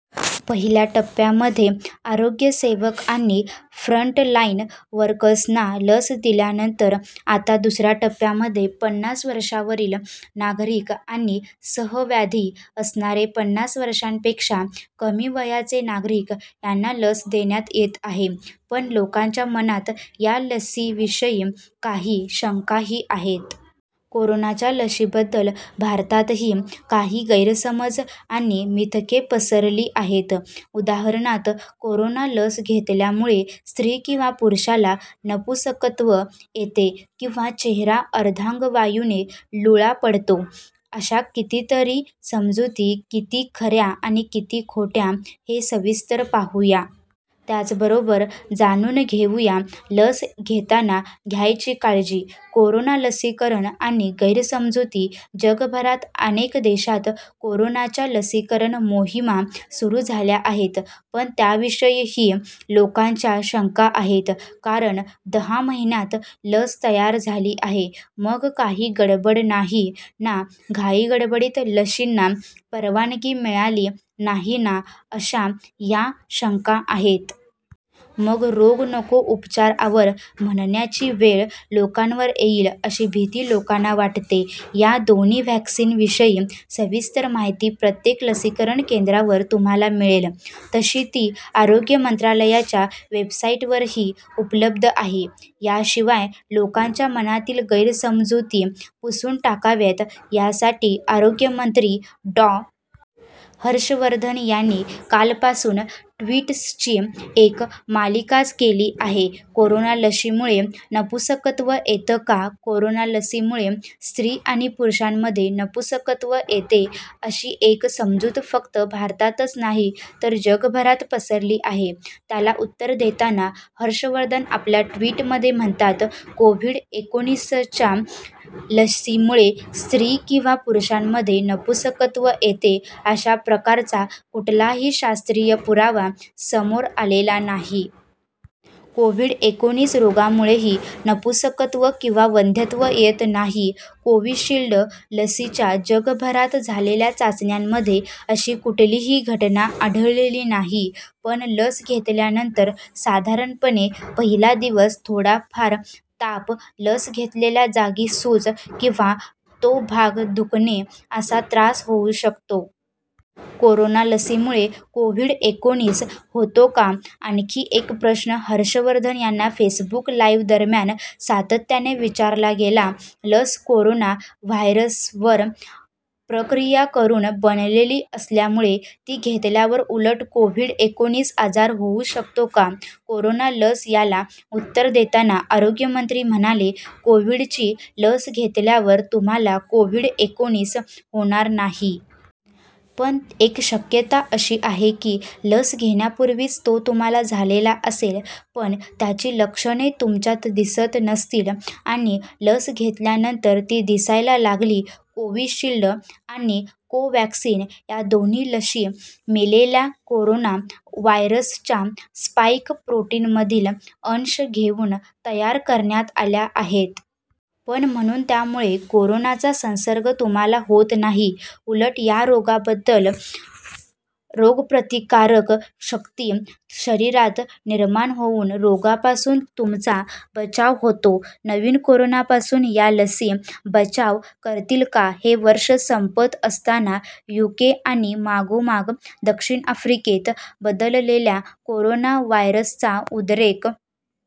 पहिल्या टप्प्यामध्ये आरोग्यसेवक आणि फ्रंटलाईन वर्कर्सना लस दिल्यानंतर आता दुसऱ्या टप्प्यामध्ये पन्नास वर्षांवरील नागरिक आणि सहव्याधी असणारे पन्नास वर्षांपेक्षा कमी वयाचे नागरिक यांना लस देण्यात येते आहे. पण लोकांच्या मनात या लशीविषयी काही शंकाही आहेत. कोरोनाच्या लशीबद्दल भारतातही काही गैरसमज आणि मिथके पसरली आहेत. उदाहरणार्थ, कोरोना लस घेतल्यामुळे स्त्री किंवा पुरुषाला नपुंसकत्व येते किंवा चेहरा अर्धांगवायूने लुळा पडतो, अशा कितीतरी समजुती किती खऱ्या आणि किती खोट्या हे सविस्तर पाहूया. त्याचबरोबर जाणून घेऊया लस घेताना घ्यायची काळजी. कोरोना लसीकरण आणि गैरसमजुती जगभरात अनेक देशांत कोरोनाच्या लसीकरण मोहिमा सुरू झाल्या आहेत. पण, त्याविषयीही लोकांच्या शंका आहेत. कारण, दहा महिन्यांत लस तयार झाली आहे. मग काही गडबड नाही ना, घाईगडबडीत लशींना परवानगी मिळाली नाही ना, अशा या शंका आहेत. मग 'रोग नको, उपचार आवर' म्हणण्याची वेळ लोकांवर येईल अशी भीती लोकांना वाटते. या दोन्ही व्हॅक्सिनविषयी सविस्तर माहिती प्रत्येक लसीकरण केंद्रावर तुम्हाला मिळेल. तशी ती आरोग्य मंत्रालयाच्या वेबसाईटवरही उपलब्ध आहे. याशिवाय लोकांच्या मनातील गैरसमजुती पुसून टाकाव्यात यासाठी आरोग्यमंत्री डॉ. हर्षवर्धन यांनी कालपासून ट्वीट्सची एक मालिकाच केली आहे. कोरोना लशीमुळे नपुंसकत्व येते का? कोरोना लशीमुळे स्त्री आणि पुरुषांमध्ये नपुंसकत्व येते अशी एक समजूत फक्त भारतातच नाही तर जगभरात पसरली आहे. त्याला उत्तर देताना, हर्षवर्धन आपल्या ट्वीटमध्ये म्हणतात, 'कोव्हिड एकोणीसच्या लशीमुळे स्त्री किंवा पुरुषांमध्ये नपुंसकत्व येते अशा प्रकारचा कुठलाही शास्त्रीय पुरावा समोर आलेला नाही. कोव्हिड एकोणीस रोगामुळेही नपुंसकत्व किंवा वंध्यत्व येत नाही.' कोविशिल्ड लशीच्या जगभरात झालेल्या चाचण्यांमध्ये अशी कुठलीही घटना आढळलेली नाही. पण, लस घेतल्यानंतर साधारणपणे पहिला दिवस थोडाफार ताप, लस घेतलेल्या जागी सूज किंवा तो भाग दुखणे असा त्रास होऊ शकतो. कोरोना लशीमुळे कोव्हिड एकोणीस होतो का? आणखी एक प्रश्न हर्षवर्धन यांना फेसबुक लाईव्हदरम्यान सातत्याने विचारला गेला. लस कोरोना व्हायरसवर प्रक्रिया करून बनलेली असल्यामुळे ती घेतल्यावर उलट कोव्हिड एकोणीस आजार होऊ शकतो का? कोरोना लस याला उत्तर देताना आरोग्यमंत्री म्हणाले, "कोव्हिडची लस घेतल्यावर तुम्हाला कोव्हिड एकोणीस होणार नाही. पण, एक शक्यता अशी आहे की, लस घेण्यापूर्वीच तो तुम्हाला झालेला असेल. पण, त्याची लक्षणे तुमच्यात दिसत नसतील आणि लस घेतल्यानंतर ती दिसायला लागली." कोविशिल्ड आणि कोवॅक्सिन या दोन्ही लशी मेलेल्या कोरोना व्हायरसच्या स्पाईक प्रोटीनमधील अंश घेऊन तयार करण्यात आल्या आहेत. पण, म्हणून त्यामुळे कोरोनाचा संसर्ग तुम्हाला होत नाही. उलट या रोगाबद्दल रोगप्रतिकारक शक्ती शरीरात निर्माण होऊन रोगापासून तुमचा बचाव होतो. नवीन कोरोनापासून या लशी बचाव करतील का? हे वर्ष संपत असताना युके आणि मागोमाग दक्षिण आफ्रिकेत बदललेल्या कोरोना व्हायरसचा उद्रेक